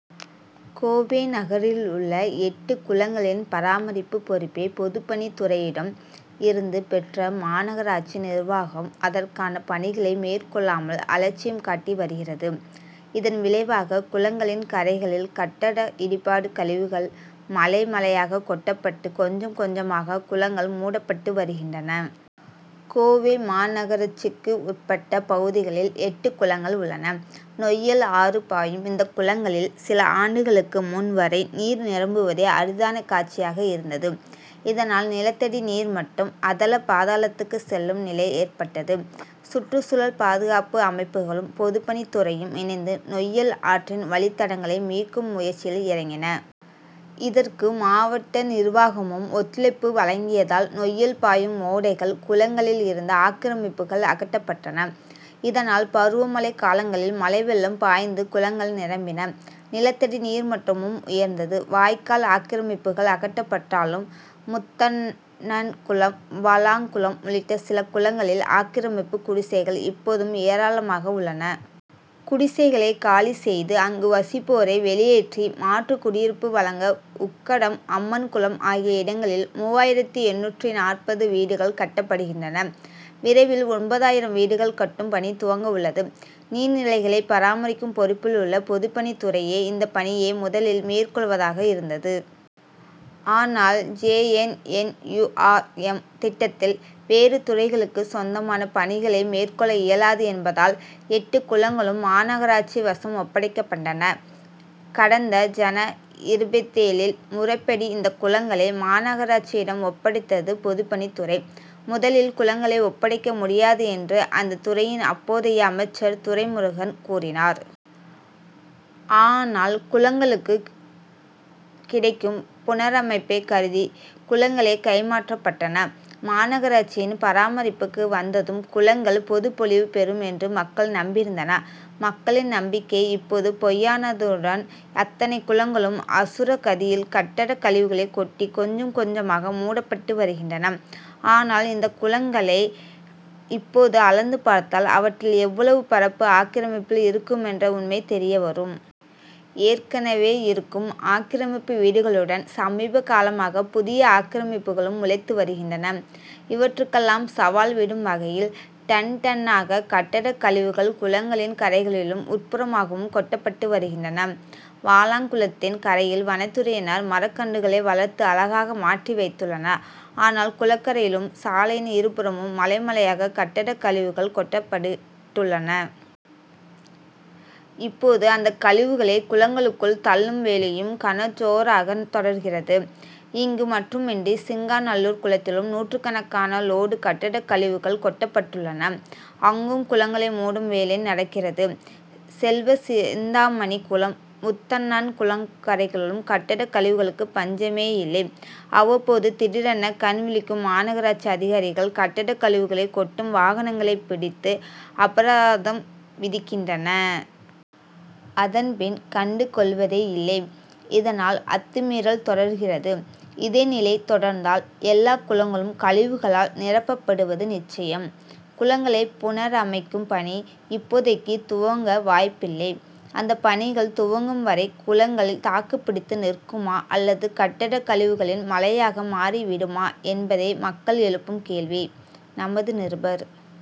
கோவை நகரிலுள்ள எட்டு குளங்களின் பராமரிப்பு பொறுப்பை பொதுப்பணித்துறையிடம் இருந்து பெற்ற மாநகராட்சி நிர்வாகம், அதற் கான பணிகளை மேற்கொள்ளாமல் அலட்சியம் காட்டி வருகிறது. இதன் விளைவாக, குளங்களின் கரைகளில் கட்டட இடிபாடு கழிவுகள் மலை, மலையாக கொட்டப்பட்டு கொஞ்சம், கொஞ்சமாக குளங்கள் மூடப்பட்டு வருகின்றன. கோவை மாநகராட்சிக்குட்பட்ட பகுதிகளில் எட்டு குளங்கள் உள்ளன. நொய்யல் ஆறு பாயும் இந்த குளங்களில், சில ஆண்டுகளுக்கு முன் வரை நீர் நிரம்புவதே அரிதான காட்சியாக இருந்தது. இதனால், நிலத்தடி நீர் மட்டம் அதல பாதாளத்துக்கு செல்லும் நிலை ஏற்பட்டது. சுற்றுச்சூழல் பாதுகாப்பு அமைப்புகளும், பொதுப்பணித்துறையும் இணைந்து நொய்யல் ஆற்றின் வழித்தடங்களை மீட்கும் முயற்சியில் இறங்கின. இதற்கு, மாவட்ட நிர்வாகமும் ஒத்துழைப்பு வழங்கியதால் நொய்யல் பாயும் ஓடைகள், குளங்களில் இருந்த ஆக்கிரமிப்புகள் அகற்றப்பட்டன. இதனால், பருவமழை காலங்களில் மழைவெள்ளம் பாய்ந்து குளங்கள் நிரம்பின. நிலத்தடி நீர் மட்டமும் உயர்ந்தது. வாய்க்கால் ஆக்கிரமிப்புகள் அகற்றப்பட்டாலும் முத்தண்ணன்குளம், வாலாங்குளம் உள்ளிட்ட சில குளங்களில் ஆக்கிரமிப்பு குடிசைகள் இப்போதும் ஏராளமாக உள்ளன. குடிசைகளை காலி செய்து, அங்கு வசிப்போரை வெளியேற்றி மாற்று குடியிருப்பு வழங்க உக்கடம், அம்மன் குளம் ஆகிய இடங்களில் மூவாயிரத்து எண்ணூற்று நாற்பது வீடுகள் கட்டப்படுகின்றன. விரைவில் ஒன்பதாயிரம் வீடுகள் கட்டும் பணி துவங்கவுள்ளது. நீர்நிலைகளை பராமரிக்கும் பொறுப்பிலுள்ள பொதுப்பணித்துறையே, இந்த பணியை முதலில் மேற்கொள்வதாக இருந்தது. ஆனால், J. N. N. U. R. M., திட்டத்தில் வேறு துறைகளுக்கு சொந்தமான பணிகளை மேற்கொள்ள இயலாது என்பதால், எட்டு குளங்களும் மாநகராட்சி வசம் ஒப்படைக்கப்பட்டன. கடந்த ஜன.,இருபத்தேழில் முறைப்படி இந்த குளங்களை மாநகராட்சியிடம் ஒப்படைத்தது பொதுப்பணித்துறை. முதலில் குளங்களை ஒப்படைக்க முடியாது என்று அந்த துறையின் அப்போதைய அமைச்சர் துரைமுருகன் கூறினார். ஆனால், குளங்களுக்குக் கிடைக்கும் புனரமைப்பை கருதி, குளங்கள் கைமாற்றப்பட்டன. மாநகராட்சியின் பராமரிப்புக்கு வந்ததும், குளங்கள் புதுப்பொலிவு பெறும் என்று மக்கள் நம்பியிருந்தனர். மக்களின் நம்பிக்கை இப்போது பொய்யானதுடன், அத்தனை குளங்களும் அசுர கதியில் கட்டடக் கழிவுகளை கொட்டி கொஞ்சம், கொஞ்சமாக மூடப்பட்டு வருகின்றன. ஆனால், இந்த குளங்களை இப்போது அளந்து பார்த்தால், அவற்றில் எவ்வளவு பரப்பு ஆக்கிரமிப்பில் இருக்குமென்ற உண்மை தெரியவரும். ஏற்கனவே, இருக்கும் ஆக்கிரமிப்பு வீடுகளுடன் சமீபகாலமாக புதிய ஆக்கிரமிப்புகளும் முளைத்து வருகின்றன. இவற்றுக்கெல்லாம் சவால் விடும் வகையில் "டன், டன்'னாக கட்டட கழிவுகள் குளங்களின் கரைகளிலும், உட்புறமாகவும் கொட்டப்பட்டு வருகின்றன. வாலாங்குளத்தின் கரையில் வனத்துறையினர் மரக்கன்றுகளை வளர்த்து அழகாக மாற்றி வைத்துள்ளனர். ஆனால், குளக்கரையிலும், சாலையின் இரு புறமும் மலை, மலையாக கட்டடக் கழிவுகள் கொட்டப்பட்டுள்ளன. இப்போது, அந்த கழிவுகளை குளங்களுக்குள் தள்ளும் வேலையும் கனஜோராக தொடர்கிறது. இங்கு மட்டுமின்றி, சிங்காநல்லூர் குளத்திலும் நூற்றுக்கணக்கான லோடு கட்டடக் கழிவுகள் கொட்டப்பட்டுள்ளன. அங்கும், குளங்களை மூடும் வேலை நடக்கிறது. செல்வசிந்தாமணி குளம், முத்தண்ணன் குளக்கரைகளிலும் கட்டடக் கழிவுகளுக்கு பஞ்சமேயில்லை. அவ்வப்போது, திடீரென கண் விழிக்கும் மாநகராட்சி அதிகாரிகள், கட்டடக் கழிவுகளை கொட்டும் வாகனங்களை பிடித்து அபராதம் விதிக்கின்றனர். அதன்பின், கண்டுகொள்வதே இல்லை. இதனால், அத்துமீறல் தொடர்கிறது. இதே நிலை தொடர்ந்தால், எல்லா குளங்களும் கழிவுகளால் நிரப்பப்படுவது நிச்சயம். குளங்களைப் புனரமைக்கும் பணி, இப்போதைக்கு துவங்க வாய்ப்பில்லை. அந்த பணிகள் துவங்கும் வரை குளங்கள் தாக்குப்பிடித்து நிற்குமா அல்லது கட்டட கழிவுகளின் மலையாக மாறிவிடுமா என்பதே மக்கள் எழுப்பும் கேள்வி. நமது நிருபர்